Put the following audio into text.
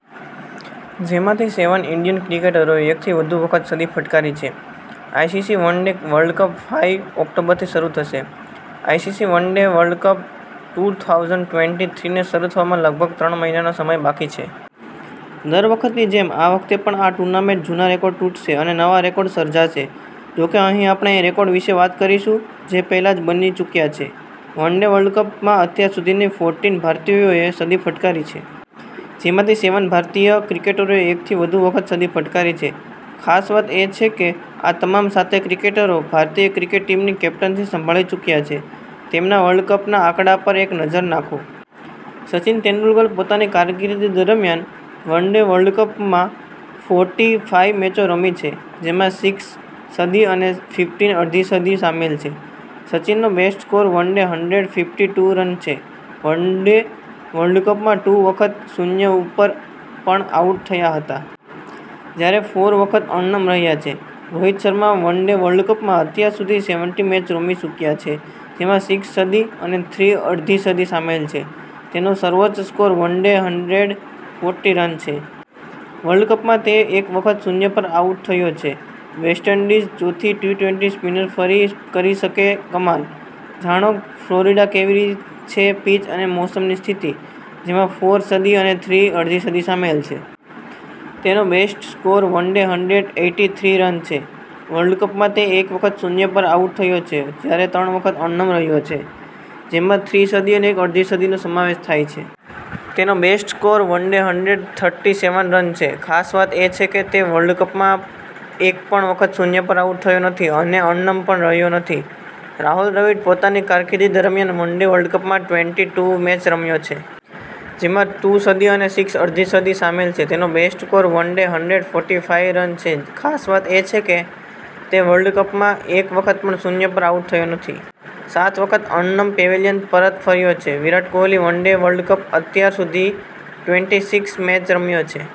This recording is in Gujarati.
જેમાંથી સેવન ઇન્ડિયન ક્રિકેટરોએ એકથી વધુ વખત સદી ફટકારી છે. ICC one day world cup five ઓક્ટોબરથી શરુ થશે: ICC one day world cup two thousand twenty થ્રીને શરૂ થવામાં લગભગ ત્રણ મહિનાનો સમય બાકી છે. દર વખતની જેમ આ વખતે પણ આ ટૂર્નામેન્ટ જૂના રેકોર્ડ તૂટશે અને નવા રેકોર્ડ સર્જાશે. જોકે અહીં આપણે એ રેકોર્ડ વિશે વાત કરીશું જે પહેલા જ બની ચુક્યા છે. વન-ડે વર્લ્ડ કપમાં અત્યાર સુધીમાં ફોર્ટીન ભારતીયોએ સદી ફટકારી છે. જેમાંથી સેવન ભારતીય ક્રિકેટરોએ એકથી વધુ વખત સદી ફટકારી છે. ખાસ વાત એ છે કે આ તમામ સાતેય ક્રિકેટરોએ ભારતીય ક્રિકેટ ટીમની કેપ્ટનશિપ સંભાળી ચુક્યા છે. તેમના વર્લ્ડ કપના આંકડા પર એક નજર નાખો. સચિન તેંડુલકરે પોતાની કારકિર્દી દરમિયાન વન-ડે વર્લ્ડ કપમાં ફોર્ટી ફાઈવ મેચો રમી છે. જેમાં સિક્સ સદી અને ફિફટિન અડધી સદી સામેલ છે. સચિનનો best score one hundred fifty two run છે. વર્લ્ડ કપમાં ટુ વખત શૂન્ય ઉપર પણ આઉટ થયા હતા. જ્યારે ફોર વખત અણનમ રહ્યા છે. રોહિત શર્મા વન-ડે વર્લ્ડકપમાં અત્યાર સુધી સેવેનટીન મેચ રમી ચૂક્યો છે. જેમાં સિક્સ સદી અને થ્રી અડધી સદી સામેલ છે. તેનો સર્વોચ્ચ score one hundred forty run છે. વર્લ્ડ કપમાં તે એક વખત શૂન્ય પર આઉટ થયો છે. વેસ્ટ ઇન્ડીઝ ચોથી ટી-ટ્વેન્ટી સ્પિનર્સ ફરી કરી શકે કમાલ, જાણો ફ્લોરિડામાં કેવી છે પિચ અને મોસમની સ્થિતિ? જેમાં ફોર સદી અને થ્રી અડધી સદી સામેલ છે. તેનો best score one hundred eighty three run છે. વર્લ્ડ કપમાં તે એક વખત શૂન્ય પર આઉટ થયો છે જ્યારે ત્રણ વખત અણનમ રહ્યો છે. જેમાં થ્રી સદી અને એક અડધી સદીનો સમાવેશ થાય છે. તેનો best score one hundred thirty seven run છે. ખાસ વાત એ છે કે તે વર્લ્ડ કપમાં એક પણ વખત શૂન્ય પર આઉટ થયો નથી અને અણનમ પણ રહ્યો નથી. રાહુલ દ્રવિડ પોતાની કારકિર્દી દરમિયાન વન-ડે વર્લ્ડકપમાં ટ્વેન્ટી ટૂ મેચ રમ્યો છે. જેમાં ટૂ સદી અને સિક્સ અડધી સદી સામેલ છે. તેનો best score one hundred forty five run છે. ખાસ વાત એ છે કે તે વર્લ્ડ કપમાં એક પણ વખત શૂન્ય પર આઉટ થયો નથી. સાત વખત અણનમ પેવેલિયન પરત ફર્યો છે. વિરાટ કોહલી વન-ડે વર્લ્ડ કપમાં અત્યાર સુધીમાં ટ્વેન્ટી સિક્સ મેચ રમ્યો છે.